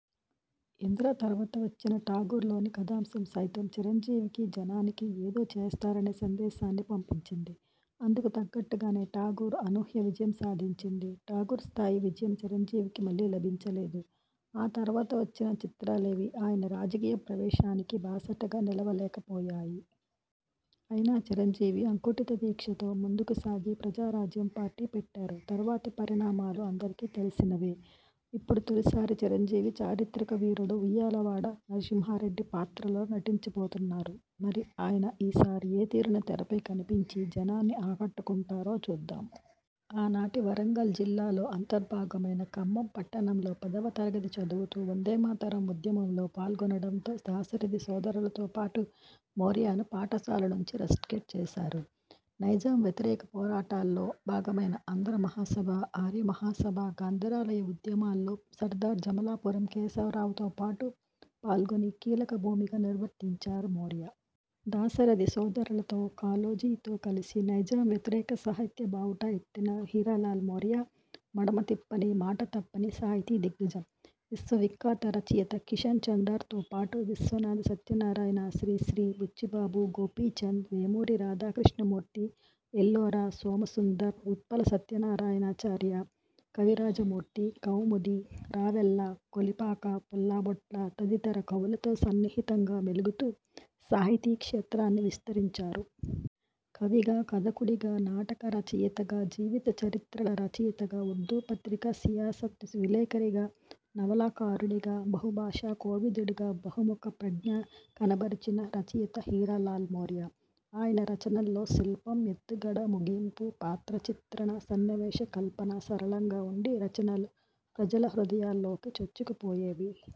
'ఇంద్ర' తరువాత వచ్చిన 'ఠాగూర్' లోని కథాంశం సైతం చిరంజీవి జనానికి ఏదో చేస్తారనే సందేశాన్ని పంపించింది. అందుకు తగ్గట్టుగానే 'ఠాగూర్' అనూహ్య విజయం సాధించింది. 'ఠాగూర్' స్థాయి విజయం చిరంజీవికి మళ్ళీ లభించలేదు. ఆ తరువాత వచ్చిన చిత్రాలేవీ ఆయన రాజకీయ ప్రవేశానికి బాసటగా నిలవలేకపోయాయి. అయినా చిరంజీవి అకుంటిత దీక్షతో ముందుకు సాగి 'ప్రజారాజ్యం' పార్టీ పెట్టారు. తరువాతి పరిణామాలు అందరికీ తెలిసినవే. ఇప్పుడు తొలిసారి చిరంజీవి చారిత్రక వీరుడు 'ఉయ్యాలవాడ నరసింహారెడ్డి' పాత్రలో నటించబోతున్నారు. మరి ఆయన ఈ సారి ఏ తీరున తెరపై కనిపించి జనాన్ని ఆకట్టుకుంటారో చూద్దాం. ఆనాటి వరంగల్ జిల్లాలో అంతర్భాగమైన ఖమ్మం పట్టణంలో పదవ తరగతి చదువుతూ 'వందే మాతరం' ఉద్యమంలో పాల్గొనడంతో దాశరథి సోదరులతో పాటు మోరియాను పాఠశాల నుంచి రస్టికేట్ చేశారు. నైజాం వ్యతిరేక పోరాటాల్లో భాగమైన ఆంధ్రమహాసభ, ఆర్యమహాసభ, గ్రంథాలయ ఉద్యమాల్లో సర్దార్ జమలాపురం కేశవరావుతో పాటు పాల్గొని కీలక భూమిక నిర్వర్తించారు మోరియా. దాశరథి సోదరులతో, కాళోజీతో కలిసి నైజాం వ్యతిరేక సాహిత్య బావుటా ఎత్తిన హీరాలాల్ మోరియా మడమ తిప్పని, మాట తప్పని సాహితీ దిగ్గజం. విశ్వవిఖ్యాత రచయిత కిషన్ చందర్తోపాటు విశ్వనాథ సత్యన్నారాయణ, శ్రీశ్రీ, బుచ్చిబాబు, గోపీచంద్, వేమూరి రాధాకృష్ణమూర్తి, ఎల్లోరా, సోమసుందర్, ఉత్పల సత్యనారాయణ చార్య, కవిరాజమూర్తి, కౌముది, రావెళ్ళ, కొలిపాక, పుల్లాబొట్ల తదితర కవులతో సన్నిహితంగా మెలుగుతూ సాహితీ క్షేత్రాన్ని విస్తరించారు. కవిగా, కథకుడిగా, నాటక రచయితగా, జీవిత చరిత్రల రచయితగా, ఉర్దూ పత్రిక సియాసత్ విలేఖరిగా, నవలాకారుడిగా, బహుభాషా కోవిదుడిగా బహుముఖ ప్రజ్ఞ కనబరచిన రచయిత హీరాలాల్ మోరియా. ఆయన రచనల్లో శిల్పం, ఎత్తుగడ, ముగింపు, పాత్ర చిత్రణ, సన్నివేశ కల్పన సరళంగా ఉండి రచనలు ప్రజల హృదయాల్లోకి చొచ్చుకుపోయేవి.